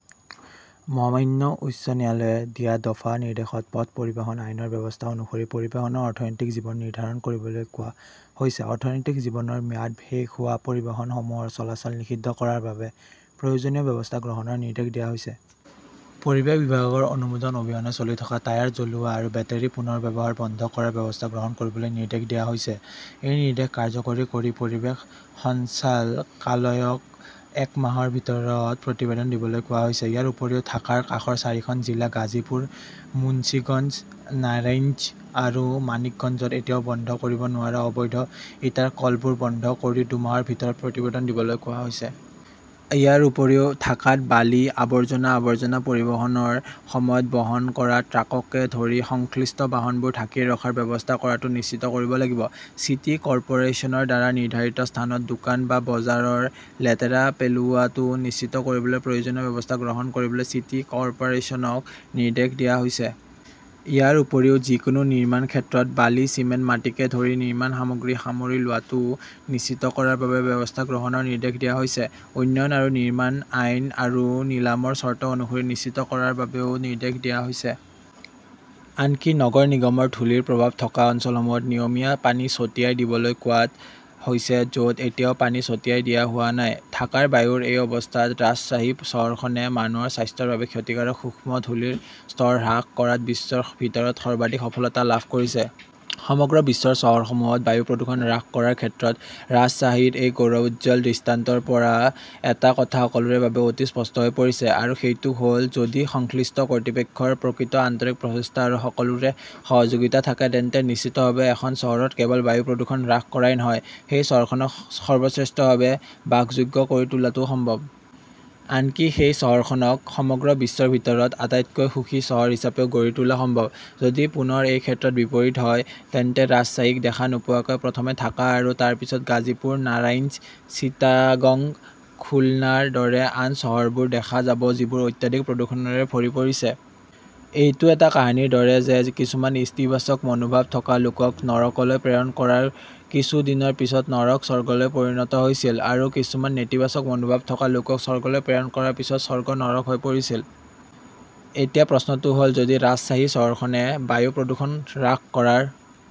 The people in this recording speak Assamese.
মহামান্য উচ্চ ন্যায়ালয়ে দিয়া দফা নিৰ্দেশত পথ পৰিবহণ আইনৰ ব্যৱস্থা অনুসৰি পৰিবহণৰ 'অৰ্থনৈতিক জীৱন "নিৰ্ধাৰণ কৰিবলৈ কোৱা হৈছে। অৰ্থনৈতিক জীৱনৰ ম্যাদ শেষ হোৱা পৰিবহণসমূহৰ চলাচল নিষিদ্ধ কৰাৰ বাবে প্ৰয়োজনীয় ব্যৱস্থা গ্ৰহণৰ নিৰ্দেশ দিয়া হৈছে। পৰিৱেশ বিভাগৰ অনুমোদন অবিহনে চলি থকা টায়াৰ জ্বলোৱা আৰু বেটাৰি পুনৰ্ব্যৱহাৰ বন্ধ কৰাৰ ব্যৱস্থা গ্ৰহণ কৰিবলৈ নিৰ্দেশ দিয়া হৈছে। এই নিৰ্দেশ কাৰ্যকৰী কৰি পৰিৱেশ সঞ্চালকালয়ক এক মাহৰ ভিতৰত প্ৰতিবেদন দিবলৈ কোৱা হৈছে। ইয়াৰ উপৰিও ঢাকাৰ কাষৰ চাৰিখন জিলা গাজীপুৰ, মুন্সিগঞ্জ, নাৰাংইজ আৰু মানিকগঞ্জত এতিয়াও বন্ধ কৰিব নোৱাৰা অবৈধ ইটাৰ কলবোৰ বন্ধ কৰি দুমাহৰ ভিতৰত প্ৰতিবেদন দিবলৈ কোৱা হৈছে। ইয়াৰ উপৰিও ঢাকাত বালি, আৱৰ্জনা, আৱৰ্জনা পৰিবহণৰ সময়ত বহন কৰা ট্ৰাককে ধৰি সংশ্লিষ্ট বাহনবোৰ ঢাকি ৰখাৰ ব্যৱস্থা কৰাটো নিশ্চিত কৰিব লাগিব। চিটি কৰ্পোৰেচনৰ দ্বাৰা নিৰ্ধাৰিত স্থানত দোকান বা বজাৰৰ লেতেৰা পেলোৱাটো নিশ্চিত কৰিবলৈ প্ৰয়োজনীয় ব্যৱস্থা গ্ৰহণ কৰিবলৈ চিটি কৰ্পোৰেচনক নিৰ্দেশ দিয়া হৈছে। ইয়াৰ উপৰিও যিকোনো নিৰ্মাণ ক্ষেত্ৰত বালি, চিমেণ্ট, মাটিকে ধৰি নিৰ্মাণ সামগ্ৰী সামৰি লোৱাটো নিশ্চিত কৰাৰ বাবে ব্যৱস্থা গ্ৰহণৰ নিৰ্দেশ দিয়া হৈছে। উন্নয়ন আৰু নিৰ্মাণ আইন আৰু নিলামৰ চৰ্ত অনুসৰি নিশ্চিত কৰাৰ বাবেও নিৰ্দেশ দিয়া হৈছে। আনকি নগৰ নিগমৰ ধূলিৰ প্ৰভাৱ থকা অঞ্চলসমূহত নিয়মীয়া পানী ছটিয়াই দিবলৈ কোৱা হৈছে য 'ত এতিয়াও পানী ছটিয়াই দিয়া হোৱা নাই। ঢাকাৰ বায়ুৰ এই অৱস্থাত, ৰাজশ্বাহী চহৰখনে মানুহৰ স্বাস্থ্যৰ বাবে ক্ষতিকাৰক সূক্ষ্ম ধূলিৰ স্তৰ হ্ৰাস কৰাত বিশ্বৰ ভিতৰত সৰ্বাধিক সফলতা লাভ কৰিছে। সমগ্ৰ বিশ্বৰ চহৰসমূহত বায়ু প্ৰদূষণ হ্ৰাস কৰাৰ ক্ষেত্ৰত ৰাজশ্বাহীৰ এই গৌৰৱোজ্জ্বল দৃষ্টান্তৰ পৰা এটা কথা সকলোৰে বাবে অতি স্পষ্ট হৈ পৰিছে। আৰু সেইটো হ 'ল, যদি সংশ্লিষ্ট কৰ্তৃপক্ষৰ প্ৰকৃত আন্তৰিক প্ৰচেষ্টা আৰু সকলোৰে সহযোগিতা থাকে, তেন্তে নিশ্চিতভাৱে এখন চহৰত কেৱল বায়ু প্ৰদূষণ হ্ৰাস কৰাই নহয়, সেই চহৰখনক সৰ্বশ্ৰেষ্ঠভাৱে বাসযোগ্য কৰি তোলাটোও সম্ভৱ। আনকি সেই চহৰখনক সমগ্ৰ বিশ্বৰ ভিতৰত আটাইতকৈ সুখী চহৰ হিচাপেও গঢ়ি তোলা সম্ভৱ। যদি পুনৰ এই ক্ষেত্ৰত বিপৰীত হয়, তেন্তে ৰাজশ্বাহীক দেখা নোপোৱাকৈ প্ৰথমে ঢাকা আৰু তাৰ পিছত গাজীপুৰ, নাৰাংইজ, চিটাগং, খুলনাৰ দৰে আন চহৰবোৰ দেখা যাব যিবোৰ অত্যাধিক প্ৰদূষণৰে ভৰি পৰিছে। এইটো এটা কাহিনীৰ দৰে যে কিছুমান ইতিবাচক মনোভাৱ থকা লোকক নৰকলৈ প্ৰেৰণ কৰাৰ কিছু দিনৰ পিছত নৰক স্বৰ্গলৈ পৰিণত হৈছিল আৰু কিছুমান নেতিবাচক মনোভাৱ থকা লোকক স্বৰ্গলৈ প্ৰেৰণ কৰাৰ পিছত স্বৰ্গ নৰক হৈ পৰিছিল। এতিয়া প্ৰশ্নটো হ "ল, যদি ৰাজশ্বাহী চহৰখনে বায়ু প্ৰদূষণ হ্ৰাস কৰাৰ